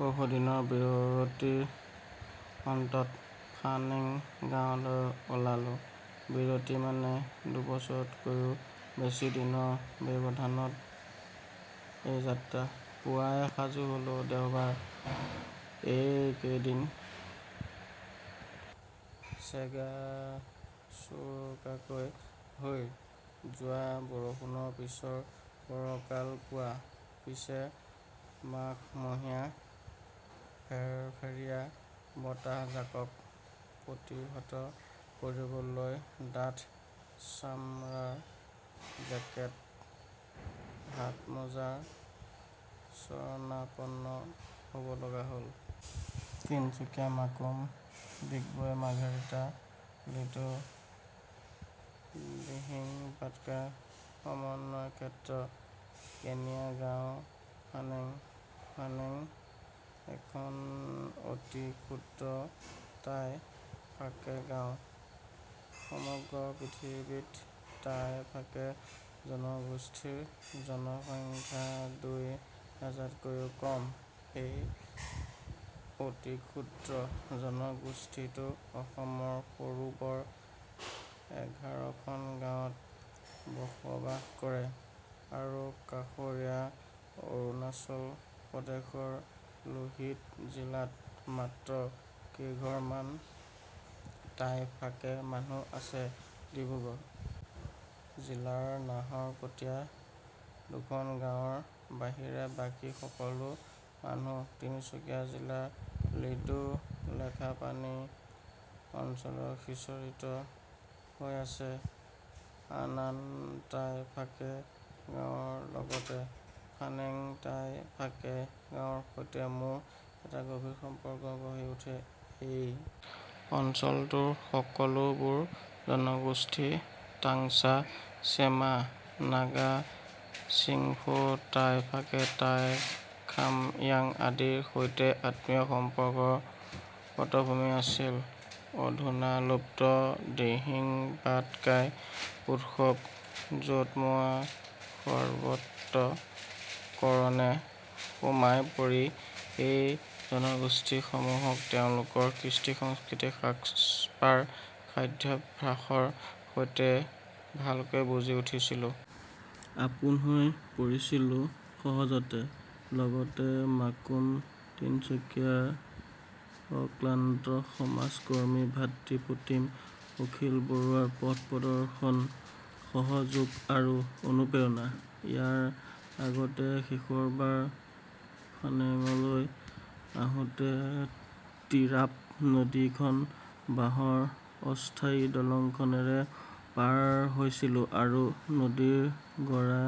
বহু দিনৰ বিৰতিৰ অন্তত ফানেং গাৱঁলৈ ওলালো। বিৰতি মানে দুবছৰতকৈও বেছি দিনৰ ব্যৱধানত এই যাত্ৰা। পুৱাই সাজু হ'লো। দেওবাৰ, এইকেইদিন চেগাচোৰোকাকৈ হৈ যোৱা বৰষুণৰ পিছৰ ফৰকাল পুৱা। পিচে মাঘমহীয়া ফেৰফেৰীয়া বতাহজাকক প্ৰতিহত কৰিবলৈ ডাঠ ছামৰাৰ জেকেট, হাতমোজাৰ শৰণাপন্ন হ'ব লগা হ'ল। তিনিচুকীয়া, মাকুম, ডিগবৈ, মাৰ্ঘেৰিটা, লিডু, দিহিং পাটকাই সমন্বয় ক্ষেত্ৰ কেনিয়া গাওঁ ফানেং। ফানেং এখন অতি ক্ষুদ্ৰ তাই ফাকে গাওঁ। সমগ্ৰ পৃথিৱীত তাই ফাকে জনগোষ্ঠীৰ জনসংখ্যা দুই হাজাৰতকৈও কম। এই অতিক্ষুদ্ৰ জনগোষ্ঠীটো অসমৰ সৰু বৰ এঘাৰখন গাঁৱত বসবাস কৰে আৰু কাষৰীয়া অৰুণাচল প্ৰদেশৰ লোহিত জিলাত মাত্ৰ কেইঘৰমান তাই ফাকে মানুহ আছে। ডিব্ৰুগড় জিলাৰ নাহৰকটীয়াৰ দুখন গাৱঁৰ বাহিৰে বাকী সকলো মানুহ তিনিচুকীয়া জিলাৰ লিডু লেখাপানী অঞ্চলত সিঁচৰতি হৈ আছে। আন আন তাই ফাকে গাৱঁৰ লগতে ফানেং তাই ফাকে‌ গাৱঁৰ সৈতে মোৰ এটা গভীৰ সম্পৰ্ক গঢ়ি উঠে। এই অঞ্চলটোৰ সকলো বোৰ জনগোষ্ঠী তাংছা, চেমা, নাগা, চিংফৌ, তাই ফাকে, তাই খাময়াং আদিৰ সৈতে আত্মিক সম্পৰ্কৰ পটভূমি আছিল। অধূনালুপ্ত দিহিংপাটকাই উৎসৱ য'ত মই সৰ্বান্ত:কৰণে সোমাই পৰি এই জনগোষ্ঠীসমূহক তেওঁলোকৰ কৃষ্টি, সংস্কৃতি, সাজপাৰ, খাদ্যাভ্যাসৰ সৈতে ভালকৈ বুজি উঠিছিলোঁ। আপোন হৈ পৰিছিলো সহজতে। লগতে মাকুম তিনিচুকীয়াৰ অক্লান্ত সমাজ কৰ্মী ভাতৃপ্ৰতীম অখিল বৰুৱাৰ পথ প্ৰদৰ্শন, সহযোগ আৰু অনুপ্ৰেৰণা। ইয়াৰ আগতে শেষৰবাৰ ফানেঙলৈ আহোঁতে টিৰাপ নদীখন বাঁহৰ অস্থায়ী দলংখনেৰে পাৰ হৈছিলো আৰু নদীৰ গৰা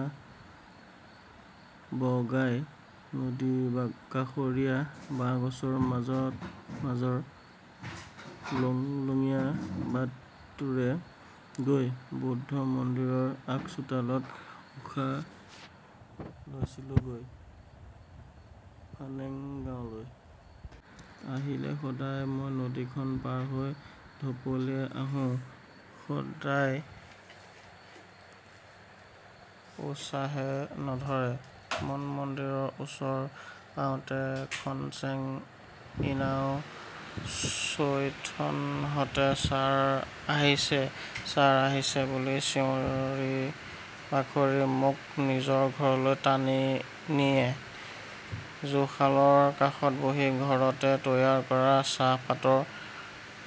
বগাই নদী কাষৰীয়া বাঁহগছৰ মাজৰ লুংলুঙীয়া বাটটোৰে গৈ বৌদ্ধ মন্দিৰৰ আগচোতালত উশাহ লৈছিলো গৈ। ফানেংগাৱঁলৈ আহিলে সদায় মই নদীখন পাৰ হৈ ঢপলিয়াই আহোঁ। সদায় উছাহে নধৰে। মনমন্দিৰৰ ওচৰ পাওঁতে খনচেং, ইনাও, চৈথনহঁতে ছাৰ আহিলে, ছাৰ আহিলে বুলি চিঞৰি বাখৰি মোক নিজৰ ঘৰলৈ টানি নিয়ে। জুশালৰ কাষত বহি ঘৰতে তৈয়াৰ কৰা চাহ পাতৰ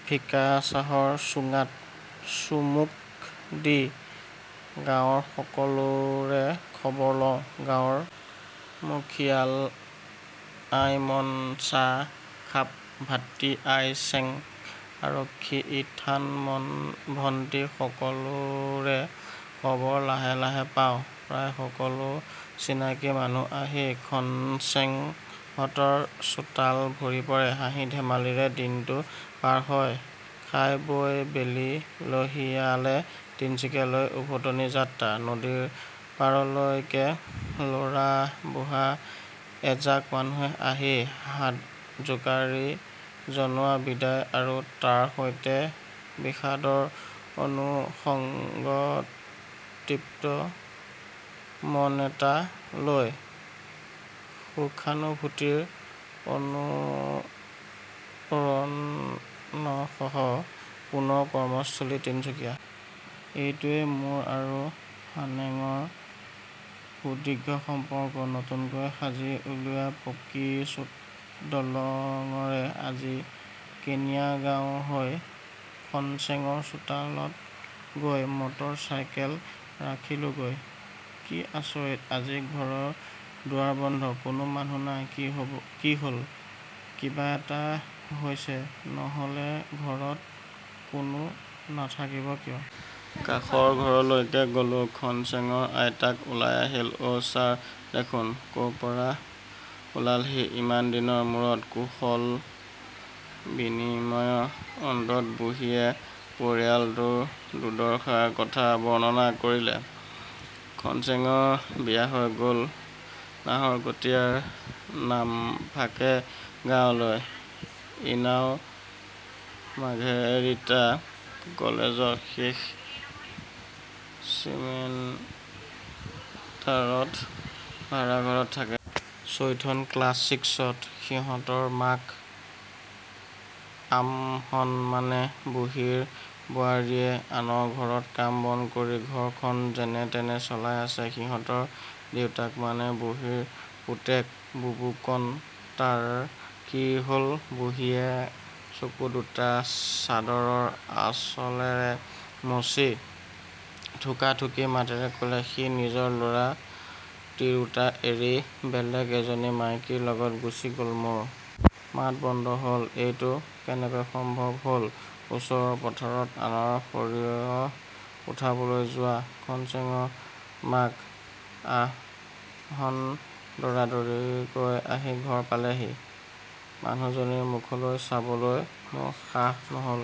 ফিকা চাহৰ চুঙাত চুমুক দি গাঁৱৰ সকলোৰে খবৰ লওঁ। গাঁৱৰ মুখিয়াল আইমন ছাখাপ, ভাতৃ আইচেং, আৰক্ষী ইথান ভন্টি সকলোৰে খবৰ লাহে লাহে পাওঁ। প্ৰায় সকলো চিনাকি মানুহ আহি খনচেংহঁতৰ চোতাল ভৰি পৰে। হাঁহি ধেমালিৰে দিনটো পাৰ হয়। খাই বৈ বেলি লহিয়ালে তিনিচুকীয়ালৈ উভতনি যাত্ৰা। নদীৰ পাৰলৈকে ল'ৰা বুঢ়া এজাক মানুহে আহি হাত জোকাৰি জনোৱা বিদায় আৰু তাৰ সৈতে বিষাদৰ অনুসংগতৃপ্ত মন এটা লৈ সুখানুভূতিৰ অনুৰণনসহ পুনৰ কৰ্মস্থলী তিনিচুকীয়া। এইটোৱেই মোৰ আৰু ফানেঙৰ সুদীৰ্ঘ সম্পৰ্ক। নতুনকৈ সাজি উলিওৱা পকী দলঙৰে আজি কেনিয়া গাওঁ হৈ খনচেঙৰ চোতালত গৈ মটৰ চাইকেল ৰাখিলোগৈ। কি আচৰিত আজি ঘৰৰ দুৱাৰ বন্ধ। কোনো মানুহ নাই। কি হ'ল, কিবা এটা হৈছে, নহলে ঘৰত কোনো নাথাকিব কিয়? কাষৰ ঘৰলৈকে গলো। খনচেঙৰ আইতাক ওলাই আহিল। অ' ছাৰ দেখোন! ক পৰা ওলালহি ইমান দিনৰ মূৰত, কুশল বিনিময়ৰ অন্তত বুঢ়ীয়ে পৰিয়ালটোৰ দুৰ্দশাৰ কথা বৰ্ণনা কৰিলে। খনচেঙৰ বিয়া হৈ গ'ল নাহৰকটীয়াৰ নামফাকে গাঁৱলৈ। ইনাও মাৰ্ঘেৰিটা কলেজত শেষ ছিমেষ্টাৰত ভাৰাঘৰত থাকে। চৈথন ক্লাছ ছিক্সত। সিহঁতৰ মাক আমহন মানে বুঢ়ীৰ বোৱাৰীয়ে আনৰ ঘৰত কাম বন কৰি ঘৰখন যেনে তেনে চলাই আছে। সিহঁতৰ দেউতাক মানে বুঢ়ীৰ পুতেক বুবুকণ তাৰ কি হ'ল বুঢ়ীয়ে চকু দুটা চাদৰৰ আচলেৰে মচি থুকাথুকি মাতেৰে কলে, সি নিজৰ ল'ৰা তিৰোতা এৰি বেলেগ এজনী মাইকীৰ লগত গুচি গ'ল। মোৰ মাত বন্ধ হ'ল। এইটো কেনেকৈ সম্ভৱ হ'ল? ওচৰৰ পথাৰত আনৰ সৰিয়হ উঠাবলৈ যোৱা খনচেঙৰ মাক আমহন্ দৌৰাদৌৰিকৈ আহি ঘৰ পালেহি। মানুহজনীৰ মুখলৈ চাবলৈ মোৰ সাহ নহ'ল।